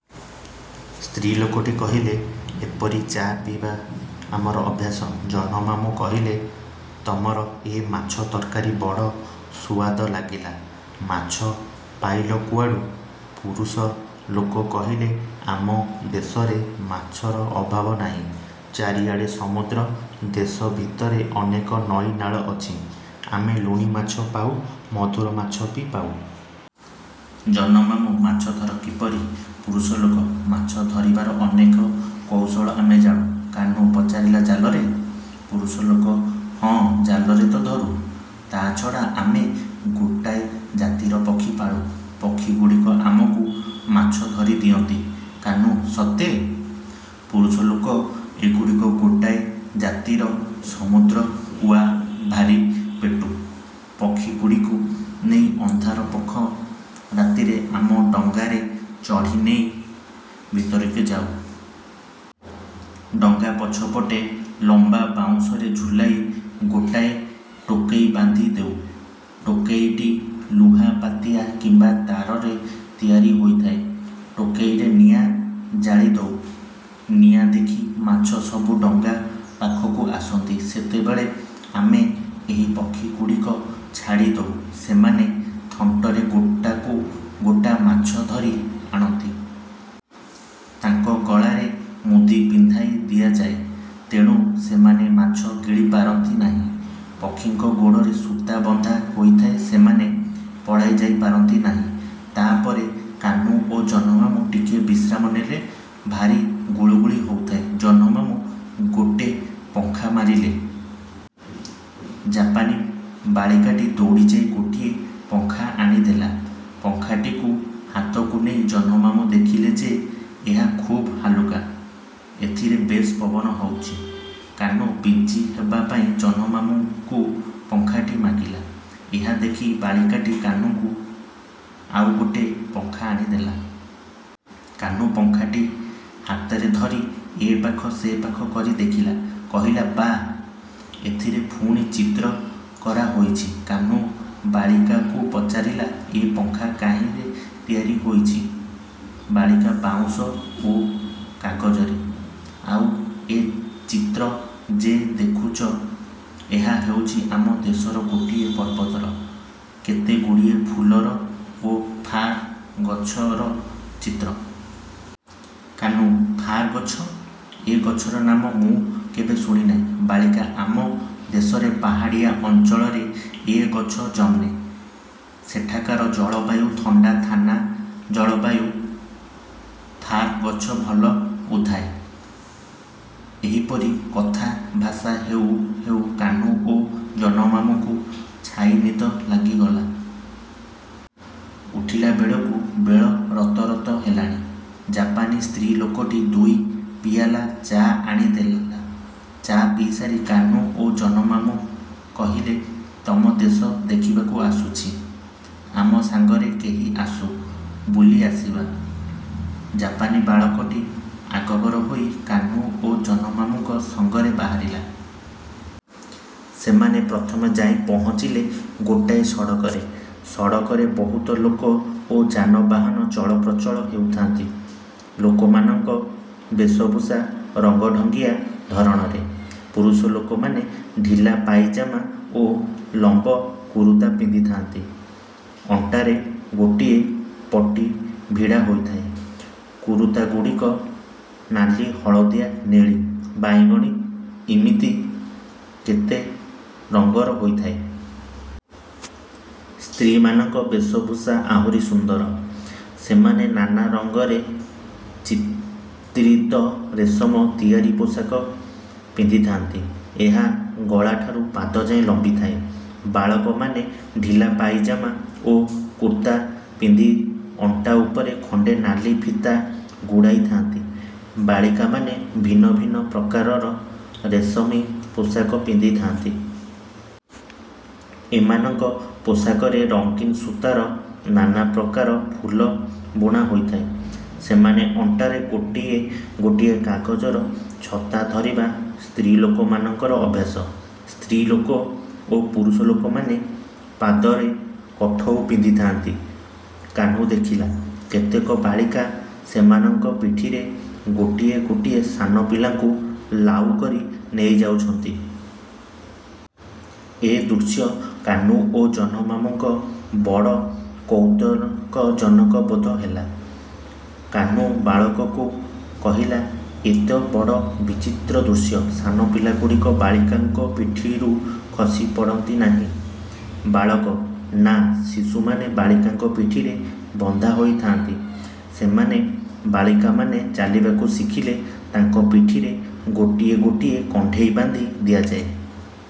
ସ୍ତ୍ରୀଲୋକଟି କହିଲେ–ଏପରି ଚା ପିଇବା ଆମର ଅଭ୍ୟାସ। ଜହ୍ନମାମୁଁ କହିଲେ–ତମର ଏ ମାଛ ତରକାରୀ ବଡ଼ ସୁଆଦ ଲାଗିଲା। ମାଛ ପାଇଲ କୁଆଡ଼ୁ? ପୁରୁଷ ଲୋକ କହିଲେ–ଆମ ଦେଶରେ ମାଛର ଅଭାବ ନାହିଁ। ଚାରିଆଡ଼େ ସମୁଦ୍ର। ଦେଶ ଭିତରେ ଅନେକ ନଈନାଳ ଅଛି। ଆମେ ଲୁଣି ମାଛ ପାଉ, ମଧୁର ମାଛ ବି ପାଉ। ଜହ୍ନମାମୁଁ–ମାଛ ଧର କିପରି? ପୁରୁଷଲୋକ–ମାଛ ଧରିବାର ଅନେକ। କୌଶଳ ଆମେ ଜାଣୁ। କାହ୍ନୁ ପଚାରିଲା–ଜାଲରେ? ପୁରୁଷଲୋକ–ହଁ ଜାଲରେ ତ ଧରୁ, ତା'ଛଡ଼ା ଆମେ ଗୋଟାଏ ଜାତିର ପକ୍ଷୀ ପାଳୁ। ପକ୍ଷୀଗୁଡ଼ିକ ଆମକୁ ମାଛ ଧରି ଦିଅନ୍ତି। କାହ୍ନୁ–ସତେ? ପୁରୁଷଲୋକ–ଏଗୁଡ଼ିକ ଗୋଟାଏ ଜାତିର ସମୁଦ୍ରକୁଆ–ଭାରି ପେଟୁ। ପକ୍ଷୀଗୁଡ଼ିକୁ ନେଇ ଅନ୍ଧାର ପକ୍ଷ ରାତିରେ ଆମ ଡଙ୍ଗାରେ ଚଢ଼ି ନଈ ଭିତରକୁ ଯାଉ। ଡଙ୍ଗା ପଛପଟେ ଲମ୍ବା ବାଉଁଶରେ ଝୁଲାଇ ଗୋଟାଏ ଟୋକେଇ ବାନ୍ଧି ଦେଉ। ଟୋକେଇଟି ଲୁହା ପାତିଆ କିମ୍ବା ତାରରେ ତିଆରି ହୋଇଥାଏ। ଟୋକେଇରେ ନିଆଁ ଜାଳି ଦେଉ। ନିଆଁ ଦେଖି ମାଛସବୁ ଡଙ୍ଗା ପାଖକୁ ଆସନ୍ତି। ସେତେବେଳେ ଆମେ ଏହି ପକ୍ଷୀଗୁଡ଼ିକ ଛାଡ଼ିଦଉ। ସେମାନେ ଥଣ୍ଟରେ ଗୋଟାକୁ ଗୋଟା ମାଛ ଧରି ଆଣନ୍ତି। ତାଙ୍କ ଗଳାରେ ମୁଦି ପିନ୍ଧାଇ ଦିଆଯାଏ। ତେଣୁ ସେମାନେ ମାଛ ଗିଳି ପାରନ୍ତି ନାହିଁ-। ପକ୍ଷୀଙ୍କ ଗୋଡ଼ରେ ସୂତା ବନ୍ଧା ହୋଇଥାଏ। ସେମାନେ ପଳାଇଯାଇପାରନ୍ତି ନାହିଁ। ତା' ପରେ କାହ୍ନୁ ଓ ଜହ୍ନମାମୁଁ ଟିକିଏ ବିଶ୍ରାମ ନେଲେ। ଭାରି ଗୁଳୁଗୁଳି ହେଉଥାଏ। ଜହ୍ନମାମୁଁ ଗୋଟିଏ ପଙ୍ଖା ମାଗିଲେ। ଜାପାନୀ ବାଳିକାଟି ଦୌଡ଼ିଯାଇ ଗୋଟିଏ ପଙ୍ଖା ଆଣି ଦେଲା। ପଙ୍ଖାଟିକୁ ହାତକୁ ନେଇ ଜହ୍ନମାମୁଁ ଦେଖିଲେ ଯେ ଏହା ଖୁବ୍ ହାଲୁକା। ଏଥିରେ ବେଶ୍ ପବନ ହେଉଛି। କାହ୍ନୁ ବିଞ୍ଚିହେବାପାଇଁ ଜହ୍ନମାମୁଁଙ୍କୁ ପଙ୍ଖାଟି ମାଗିଲା। ଏହା ଦେଖି ବାଳିକାଟି କାହ୍ନୁକୁ ଆଉ ଗୋଟିଏ ପଙ୍ଖା ଆଣିଦେଲା। କାହ୍ନୁ ପଙ୍ଖାଟି ହାତରେ ଧରି ଏପାଖ ସେପାଖ କରି ଦେଖିଲା। କହିଲା–ବାଃ, ଏଥିରେ ପୁଣି ଚିତ୍ର କରାହୋଇଛି! କାହ୍ନୁ ବାଳିକାକୁ ପଚାରିଲା–ଏ ପଙ୍ଖା କାହିଁରେ ତିଆରି ହୋଇଛି? ବାଳିକା–ବାଉଁଶ ଓ କାଗଜରେ। ଆଉ ଏ ଚିତ୍ର ଯେ ଦେଖୁଛ, ଏହା ହେଉଛି ଆମ ଦେଶର ଗୋଟିଏ ପର୍ବତର, କେତେଗୁଡ଼ିଏ ଫୁଲର ଓ ଫାର୍ ଗଛର ଚିତ୍ର। କାହ୍ନୁ–ଫାର୍ ଗଛ? ଏ ଗଛର ନାମ ମୁଁ କେବେ ଶୁଣି ନାହିଁ। ବାଳିକା–ଆମ ଦେଶର ପାହାଡ଼ିଆ ଅଞ୍ଚଳରେ ଏ ଗଛ ଜନ୍ମେ। ସେଠିକାର ଜଳବାୟୁ ଥଣ୍ଡା। ଥାନା ଜଳବାୟୁରେ ଫାର୍ ଗଛ ଭଲ ଉଧାଏ। ଏହିପରି କଥାଭାଷା ହେଉ ହେଉ କାହ୍ନୁ ଓ ଜହ୍ନମାମୁଁଙ୍କୁ ଛାଇନିଦ ଲାଗିଗଲା। ଉଠିଲାବେଳକୁ ବେଳ ରତରତ ହେଲାଣି। ଜାପାନୀ ସ୍ତ୍ରୀଲୋକଟି ଦୁଇ ପିଆଲା ଚା ଆଣିଦେଲା। ଚା ପିଇସାରି କାହ୍ନୁ ଓ ଜହ୍ନମାମୁଁ କହିଲେ–ତମ ଦେଶ ଦେଖିବାକୁ ଆସୁଛି; ଆମ ସାଙ୍ଗରେ କେହି ଆସୁ, ବୁଲି ଆସିବା। ଜାପାନୀ ବାଳକଟି ଆଗଭର ହୋଇ କାହ୍ନୁ ଓ ଜହ୍ନମାମୁଁଙ୍କ ସଙ୍ଗରେ ବାହାରିଲା। ସେମାନେ ପ୍ରଥମେ ଯାଇ ପହଁଚିଲେ ଗୋଟାଏ ସଡ଼କରେ। ସଡ଼କରେ ବହୁତ ଲୋକ ଓ ଯାନବାହାନ ଚଳପ୍ରଚଳ ହେଉଥାନ୍ତି। ଲୋକମାନଙ୍କ ବେଶଭୂଷା ରଙ୍ଗଢଙ୍ଗିଆ ଧରଣରେ। ପୁରୁଷଲୋକମାନେ ଢିଲା ପାଇଜାମା ଓ ଲମ୍ବ କୁରୁତା ପିନ୍ଧିଥାନ୍ତି। ଅଣ୍ଟାରେ ଗୋଟିଏ ପଟି ଭିଡ଼ା ହୋଇଥାଏ। କୁରୁତାଗୁଡ଼ିକ ନାଲି, ହଳଦିଆ, ନେଳି, ବାଇଗଣି–ଇମିତି କେତେ ରଙ୍ଗର ହୋଇଥାଏ। ସ୍ତ୍ରୀମାନଙ୍କ ବେଶଭୂଷା ଆହୁରି ସୁନ୍ଦର। ସେମାନେ ନାନା ରଙ୍ଗରେ ଚିତ୍ରିତ ରେଶମ ତିଆରି ପୋଷାକ ପିନ୍ଧିଥାନ୍ତି। ଏହା ଗଳାଠାରୁ ପାଦଯାଏଁ ଲମ୍ବିଥାଏ। ବାଳକମାନେ ଢିଲା ପାଇଜାମା ଓ କୁର୍ତ୍ତା ପିନ୍ଧି ଅଣ୍ଟା ଉପରେ ଖଣ୍ଡେ ନାଲି ଫିତା ଗୁଡ଼ାଇଥାନ୍ତି। ବାଳିକାମାନେ ଭିନ୍ନ ଭିନ୍ନ ପ୍ରକାରର ରେଶମୀ ପୋଷାକ ପିନ୍ଧିଥାନ୍ତି। ଏମାନଙ୍କ ପୋଷାକରେ ରଙ୍ଗିନ୍ ସୂତାର ନାନା ପ୍ରକାର ଫୁଲ ବୁଣା ହୋଇଥାଏ। ସେମାନେ ଅଣ୍ଟାରେ ଗୋଟିଏ ଗୋଟିଏ କାଗଜର ଛତା ଧରିବା ସ୍ତ୍ରୀଲୋକମାନଙ୍କର ଅଭ୍ୟାସ। ସ୍ତ୍ରୀଲୋକ ଓ ପୁରୁଷଲୋକମାନେ ପାଦରେ କଠଉ ପିନ୍ଧିଥାନ୍ତି। କାହ୍ନୁ ଦେଖିଲା, କେତେକ ବାଳିକା ସେମାନଙ୍କ ପିଠିରେ ଗୋଟିଏ ଗୋଟିଏ ସାନପିଲାଙ୍କୁ ଲାଉକରି ନେଇଯାଉଛନ୍ତି। ଏ ଦୃଶ୍ୟ କାହ୍ନୁ ଓ ଜହ୍ନମାମୁଁଙ୍କୁ ବଡ଼ କୌତୁକଜନକ ବୋଧ ହେଲା। କାହ୍ନୁ ବାଳକକୁ କହିଲା–ଏ ତ ବଡ଼ ବିଚିତ୍ର ଦୃଶ୍ୟ। ସାନ ପିଲାଗୁଡ଼ିକ ବାଳିକାଙ୍କ ପିଠିରୁ ଖସି ପଡ଼ନ୍ତି ନାହିଁ? ବାଳକ–ନାଁ, ଶିଶୁମାନେ ବାଳିକାଙ୍କ ପିଠିରେ ବନ୍ଧା ହୋଇଥାନ୍ତି। ସାନ ବାଳିକାମାନେ ଚାଲିବାକୁ ଶିଖିଲେ ତାଙ୍କ ପିଠିରେ ଗୋଟିଏ ଗୋଟିଏ କଣ୍ଢେଇ ବାନ୍ଧି ଦିଆଯାଏ।